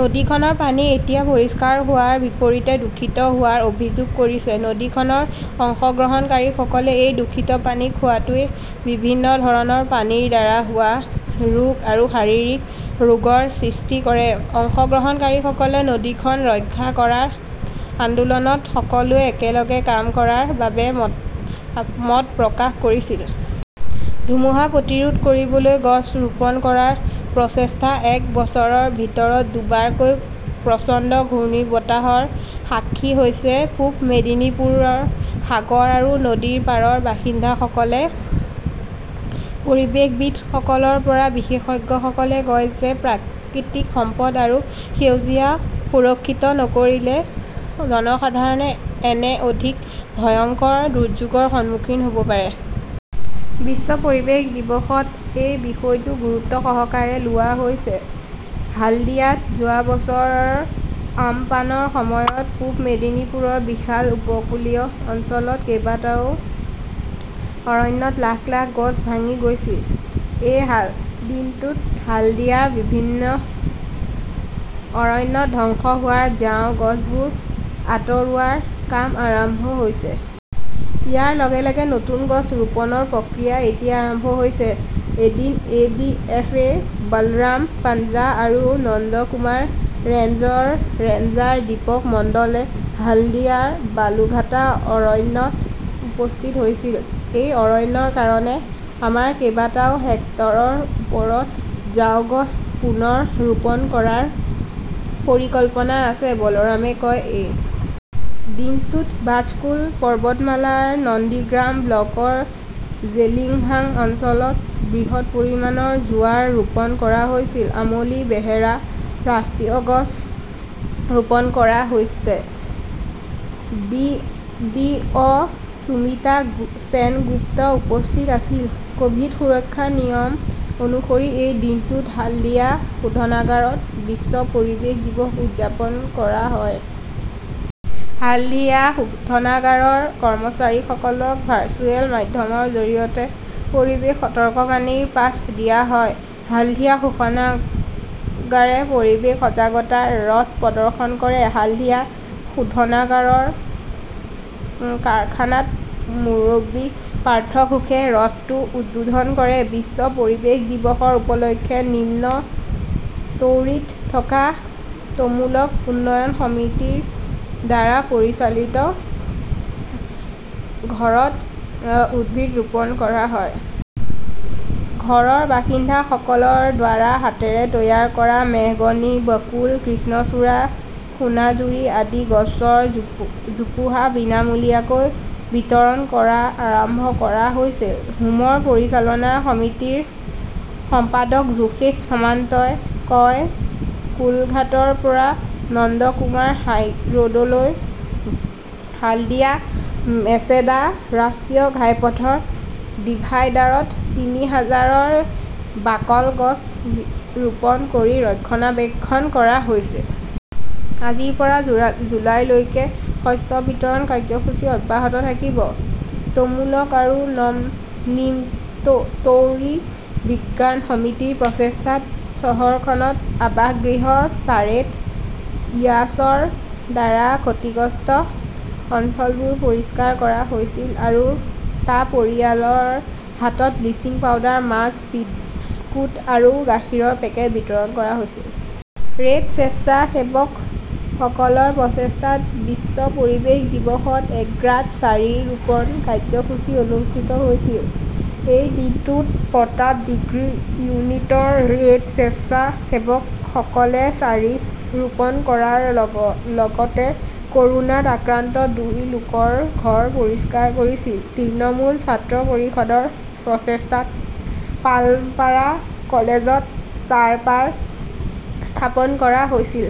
নদীখনৰ পানী এতিয়া পৰিষ্কাৰ হোৱাৰ বিপৰীতে দূষিত হোৱাৰ অভিযোগ কৰিছে নদীখনৰ অংশগ্ৰহণকাৰীসকলে। এই দূষিত পানী খোৱাটোৱে বিভিন্ন ধৰণৰ পানীৰ দ্বাৰা হোৱা ৰোগ আৰু শাৰীৰিক ৰোগৰ সৃষ্টি কৰে। অংশগ্ৰহণকাৰীসকলে নদীখন ৰক্ষা কৰাৰ আন্দোলনত সকলোৱে একেলগে কাম কৰাৰ বাবে মত মত প্ৰকাশ কৰিছিল। ধুমুহা প্ৰতিৰোধ কৰিবলৈ গছ ৰোপণ কৰাৰ প্ৰচেষ্টা এক বছৰৰ ভিতৰত দুবাৰকৈ প্ৰচণ্ড ঘূৰ্ণীবতাহৰ সাক্ষী হৈছে পূব মেদিনীপুৰৰ সাগৰ আৰু নদীৰ পাৰৰ বাসিন্দাসকলে। পৰিৱেশবিদসকলৰ পৰা বিশেষজ্ঞসকলে কয় যে প্ৰাকৃতিক সম্পদ আৰু সেউজীয়া সুৰক্ষিত নকৰিলে জনসাধাৰণ এনে অধিক ভয়ংকৰ দুৰ্যোগৰ সন্মুখীন হ'ব পাৰে। বিশ্ব পৰিৱেশ দিৱসত এই বিষয়টো গুৰুত্বসহকাৰে লোৱা হৈছে। হালডিয়াত যোৱা বছৰ আমপানৰ সময়ত পূব মেদিনীপুৰৰ বিশাল উপকূলীয় অঞ্চলত কেইবাটাও অৰণ্যত লাখ লাখ গছ ভাঙি গৈছিল। এই দিনটোত হালদিয়াৰ বিভিন্ন অৰণ্যত ধ্বংস হোৱা ঝাও গছবোৰ আতৰোৱাৰ কাম আৰম্ভ হৈছে। ইয়াৰ লগে - লগে নতুন গছ ৰোপণৰ প্ৰক্ৰিয়া আৰম্ভ হৈছে। এদিন A. D. F. O. Balaram Panja আৰু নন্দকুমাৰ ৰেঞ্জৰ ৰেঞ্জাৰ দীপক মণ্ডলে হালদিয়াৰ বালুঘাটা অৰণ্যত উপস্থিত হৈছিল। এই অৰণ্যৰ কাৰণে আমাৰ কেইবাটাও হেক্টৰৰ ওপৰত ঝাও গছ পুনৰ ৰোপণ কৰাৰ পৰিকল্পনা আছে, বলৰামে কয়। এই দিনটোত বাজকুল পৰ্বতমালাৰ নন্দীগ্ৰাম ব্লকৰ জেলিংহাম অঞ্চলত বৃহৎ পৰিমাণৰ জোৱাৰ ৰোপণ কৰা হৈছিল। আমলী, বেহেৰা ৰাষ্ট্ৰীয় গছ ৰোপণ কৰা হৈছে। D D. অ.সুমিতা সেনগুপ্ত উপস্থিত আছিল। কভিড সুৰক্ষা নিয়ম অনুসৰি এই দিনটোত হালদিয়া শোধনাগাৰত বিশ্ব পৰিৱেশ দিৱস উদযাপন কৰা হয়। হালদিয়া শোধনাগাৰৰ কৰ্মচাৰীসকলক ভাৰ্চুৱেল মাধ্যমৰ জৰিয়তে পৰিৱেশ সতৰ্কবাণীৰ পাঠ দিয়া হয়। হালদিয়া শোষনাগাৰে পৰিৱেশ সজাগতাৰ ৰথ প্ৰদৰ্শন কৰে। হলদিয়া শোধনাগাৰৰ কাৰখানাত মুৰব্বী পাৰ্থ ঘোষে ৰথটো উদ্বোধন কৰে। বিশ্ব পৰিৱেশ দিৱসৰ উপলক্ষে নিম্নতৌৰীত থকা তমুলক উন্নয়ন সমিতিৰ দ্বাৰা পৰিচালিত ঘৰত উদ্ভিদ ৰোপণ কৰা হয়। ঘৰৰ বাসিন্দাসকলৰ দ্বাৰা হাতেৰে তৈয়াৰ কৰা মেহগনি, বাকুল, কৃষ্ণচুৰা, সোনাঝুৰি আদি গছৰ জোপো জোপোহা বিনামূলীয়াকৈ বিতৰণ কৰা আৰম্ভ কৰা হৈছে। হোমৰ পৰিচালনা সমিতিৰ সম্পাদক যোছেফ সমান্তই কয়, কোলঘাটৰ পৰা নন্দকুমাৰ হাইৰোডলৈ হালদিয়া মেচেদা ৰাষ্ট্ৰীয় ঘাইপথৰ ডিভাইডাৰত তিনি হাজাৰ বাকল গছ ৰোপণ কৰি ৰক্ষণাবেক্ষণ কৰা হৈছে। কালিৰ পৰা জুৰা জুলাইলৈকে শস্য বিতৰণ কাৰ্যসূচী অব্যাহত থাকিব। তমুলক আৰু নিমতৌৰী বিজ্ঞান সমিতিৰ প্ৰচেষ্টাত চহৰখনতধ আৱাসগৃহ চাৰেত ইয়াছৰ দ্বাৰা ক্ষতিগ্ৰস্ত অঞ্চলবোৰ পৰিষ্কাৰ কৰা হৈছিল আৰু টা পৰিয়ালৰ হাতত ব্লিচিং পাউডাৰ, মাস্ক, বিস্কুট আৰু গাখীৰৰ পেকেট বিতৰণ কৰা হৈছিল। ৰেড স্বেচ্ছাসেৱকসকলৰ প্ৰচেষ্টাত বিশ্ব পৰিৱেশ দিৱসত এগ্ৰাত চাৰি ৰোপণ কাৰ্যসূচী অনুষ্ঠিত হৈছিল। এই দিনটোত প্ৰতাপদিঘি ইউনিটৰ ৰেড স্বেচ্ছাসেৱকসকলে চাৰি ৰোপণ কৰাৰ লগতে কৰোনা আক্ৰান্ত দুজন লোকৰ ঘৰ পৰিষ্কাৰ কৰিছিল। তৃণমূল ছাত্ৰ পৰিষদৰ প্ৰচেষ্টাত পালপাৰা কলেজত চাৰপাৰ স্থাপন কৰা হৈছিল।